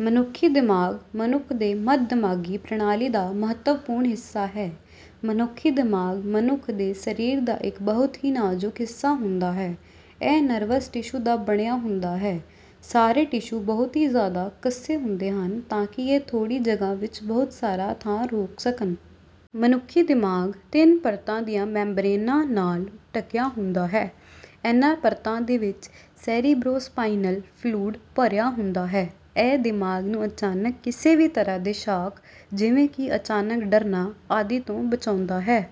ਮਨੁੱਖੀ ਦਿਮਾਗ ਮਨੁੱਖ ਦੇ ਮੱਧ ਦਿਮਾਗੀ ਪ੍ਰਣਾਲੀ ਦਾ ਮਹਤਵਪੂਰਣ ਹਿੱਸਾ ਹੈ। ਮਨੁੱਖੀ ਦਿਮਾਗ ਮਨੁਖ ਦੇ ਸਰੀਰ ਦਾ ਇੱਕ ਬਹੁਤ ਹੀ ਨਾਜ਼ੁਕ ਹਿੱਸਾ ਹੁੰਦਾ ਹੈ। ਇਹ ਨਰਵਸ ਟਿਸ਼ੂਆਂ ਦਾ ਬਣਿਆ ਹੁੰਦਾ ਹੈ। ਸਾਰੇ ਟਿਸ਼ੂ ਬਹੁਤ ਹੀ ਜਿਆਦਾ ਕਸੇ ਹੁੰਦੇ ਹਨ ਤਾਂ ਕਿ ਇਹ ਥੋੜੀ ਜਗਹ ਵਿੱਚ ਬਹੁਤ ਸਾਰਾ ਥਾਂ ਰੋਕ ਸਕਣ. ਮਨੁੱਖੀ ਦਿਮਾਗ ਤਿੰਨ ਪਰਤਾਂ ਦੀਆਂ ਮੈਮਬ੍ਰੇਨਾਂ ਨਾਲ ਢਕਿਆ ਹੁੰਦਾ ਹੈ। ਇਹਨਾਂ ਪਰਤਾਂ ਦੇ ਵਿੱਚ ਸੇਰੀਬਰੋਸਪਾਇਨਲ ਫਲੂਡ ਭਰਿਆ ਹੁੰਦਾ ਹੈ। ਇਹ ਦਿਮਾਗ ਨੂੰ ਅਚਾਨਕ ਕਿਸੇ ਵੀ ਤਰਾਂ ਦੇ ਸ਼ਾਕ ਜਿਵੇਂ ਕਿ ਅਚਾਨਕ ਡਰਨਾ, ਆਦਿ ਤੋਂ ਬਚਾਉਂਦਾ ਹੈ।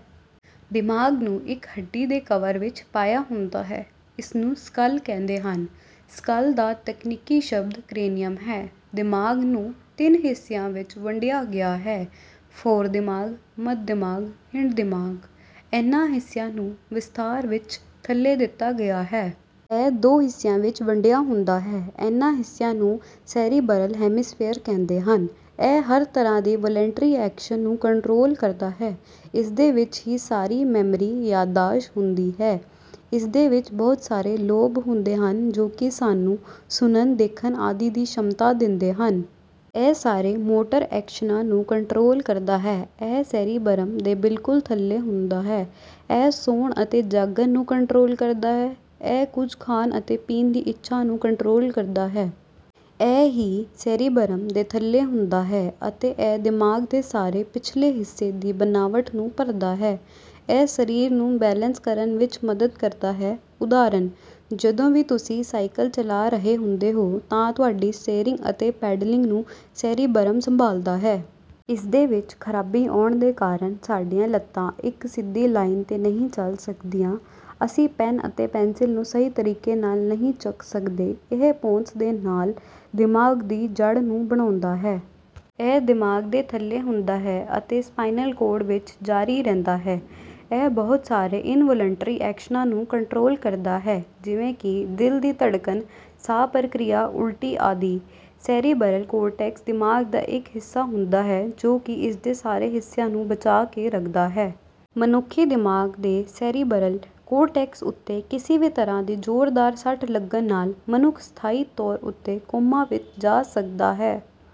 ਦਿਮਾਗ ਨੂੰ ਇੱਕ ਹੱਡੀ ਦੇ ਕਵਰ ਵਿੱਚ ਪਾਇਆ ਹੁੰਦਾ ਹੈ, ਇਸਨੂੰ ਸਕੱਲ ਕਿਹੰਦੇ ਹਨ। ਸਕੱਲ ਦਾ ਤਕਨੀਕੀ ਸ਼ਬਦ ਕਰੇਨੀਅਮ ਹੈ। ਦਿਮਾਗ ਨੂੰ ਤਿੰਨ ਹਿੱਸਿਆਂ ਵਿੱਚ ਵੰਡਿਆ ਗਿਆ ਹੈ – ਫ਼ੋਰਦਿਮਾਗ, ਮੱਧਦਿਮਾਗ, ਹਿੰਡਦਿਮਾਗ. ਇਹਨਾਂ ਹਿੱਸਿਆਂ ਨੂੰ ਵਿਸਥਾਰ ਵਿੱਚ ਥੱਲੇ ਦਿੱਤਾ ਗਿਆ ਹੈ। ਇਹ ਦੋ ਹਿੱਸਿਆਂ ਵਿੱਚ ਵੰਡਿਆ ਹੁੰਦਾ ਹੈ। ਇਹਨਾਂ ਹਿੱਸਿਆਂ ਨੂੰ ਸੇਰੇਬਰਲ ਹੈਮੀਸਫੇਰ ਕਿਹੰਦੇ ਹਨ। ਇਹ ਹਰ ਤਰਾਂ ਦੇ ਵੋਲਲੰਟਰੀ ਐਕਸ਼ਨ ਨੂੰ ਕੰਟ੍ਰੋਲ ਕਰਦਾ ਹੈ। ਇਸਦੇ ਵਿੱਚ ਹੀ ਸਾਰੀ ਮੈਮਰੀ/ ਯਾਦਾਸ਼ਤ ਹੁੰਦੀ ਹੈ। ਇਸਦੇ ਵਿੱਚ ਬਹੁਤ ਸਾਰੇ ਲੋਬ ਹੁੰਦੇ ਹਨ ਜੋ ਕਿ ਸਾਨੂੰ ਸੁਣਨ, ਦੇਖਣ, ਆਦਿ ਦੀ ਸਮਰਥਾ ਦਿੰਦੇ ਹਨ। ਇਹ ਸਾਰੇ ਮੋਟਰ ਐਕਸ਼ਨਾਂ ਨੂੰ ਕੰਟ੍ਰੋਲ ਕਰਦੇ ਹੈ। ਇਹ ਸੇਰੇਬਰਮ ਦੇ ਬਿਲਕੁਲ ਥੱਲੇ ਹੁੰਦਾ ਹੈ। ਇਹ ਸੌਂਣ ਅਤੇ ਜਾਗਣ ਨੂੰ ਕੰਟ੍ਰੋਲ ਕਰਦਾ ਹੈ। ਇਹ ਕੁੱਝ ਖਾਣ ਅਤੇ ਪੀਣ ਦੀ ਇੱਛਾ ਨੂੰ ਕੰਟ੍ਰੋਲ ਕਰਦਾ ਹੈ। ਇਹ ਵੀ ਸੇਰੇਬਰਮ ਦੇ ਥੱਲੇ ਹੁੰਦਾ ਹੈ ਅਤੇ ਇਹ ਦਿਮਾਗ ਦੇ ਸਾਰੇ ਪਿਛਲੇ ਹਿੱਸੇ ਦੀ ਬਨਾਵਟ ਨੂੰ ਭਰਦਾ ਹੈ। ਇਹ ਸਰੀਰ ਨੂੰ ਬੈਲਸ ਕਰਨ ਵਿੱਚ ਮਦਦ ਕਰਦਾ ਹੈ। ਉਦਹਾਰਣ: ਜਦੋਂ ਵੀ ਤੁਸੀਂ ਸਾਈਕਲ ਚਲਾ ਰਹੇ ਹੁੰਦੇ ਹੋ, ਤਾਂ ਤੁਹਾਡੇ ਸਟੀਅਰਰਿੰਗ ਅਤੇ ਪੈਡਲਿੰਗ ਨੂੰ ਸੇਰੇਬੈਰਮ ਸੰਭਾਲਦਾ ਹੈ। ਇਸਦੇ ਵਿੱਚ ਖਰਾਬੀ ਆਉਣ ਦੇ ਕਾਰਨ ਸਾਡੀਆਂ ਲੱਤਾਂ ਇੱਕ ਸਿੱਧੀ ਲਾਇਨ 'ਤੇ ਨਹੀਂ ਚੱਲ ਸਕਦੀਆਂ। ਅਸੀਂ ਪੈਨ ਅਤੇ ਪੈਨਸਿਲ ਨੂੰ ਸਹੀ ਤਰੀਕੇ ਨਾਲ ਨਹੀਂ ਚੱਕ ਸਕਦੇ। ਇਹ ਪੋਨਸ ਦੇ ਨਾਲ ਦਿਮਾਗ ਦੀ ਜੜ੍ਹ ਨੂੰ ਬਣਾਉਂਦਾ ਹੈ। ਇਹ ਦਿਮਾਗ ਦੇ ਥੱਲੇ ਹੁੰਦਾ ਹੈ ਅਤੇ ਸਪਾਈਨਲ ਕੋਰਡ ਵਿੱਚ ਜਾਰੀ ਰਹਿੰਦਾ ਹੈ। ਇਹ ਬਹੁਤ ਸਾਰੇ ਇਨਵੋਲੰਟਰੀ ਐਕਸ਼ਨਾਂ ਨੂੰ ਕੰਟ੍ਰੋਲ ਕਰਦਾ ਹੈ ਜਿਵੇਂ ਕਿ ਦਿਲ ਦੀ ਧੜਕਨ, ਸਾਹ ਪ੍ਰਕਿਰਿਆ, ਉਲਟੀ, ਆਦਿ। ਸੈਰਬਰਲ ਕੋਰਟੈਕਸ ਦਿਮਾਗ ਦੀ ਇੱਕ ਹਿੱਸਾ ਹੁੰਦਾ ਹੈ ਜੋ ਕੀ ਇਸਦੇ ਸਾਰੇ ਹਿੱਸਿਆਂ ਨੂੰ ਬਚਾ ਕੇ ਰੱਖਦਾ ਹੈ। ਮਨੁੱਖੀ ਦਿਮਾਗ ਦੇ ਸੈਰਬਰਲ ਕੋਰਟੈਕਸ ਉੱਤੇ ਕਿਸੇ ਵੀ ਤਰਾਂ ਦੀ ਜੋਰਦਾਰ ਸੱਟ ਲੱਗਣ ਨਾਲ ਮਨੁੱਖ ਸਥਾਈ ਤੌਰ ਉੱਤੇ ਕੋਮਾ ਵਿੱਚ ਜਾ ਸਕਦਾ ਹੈ।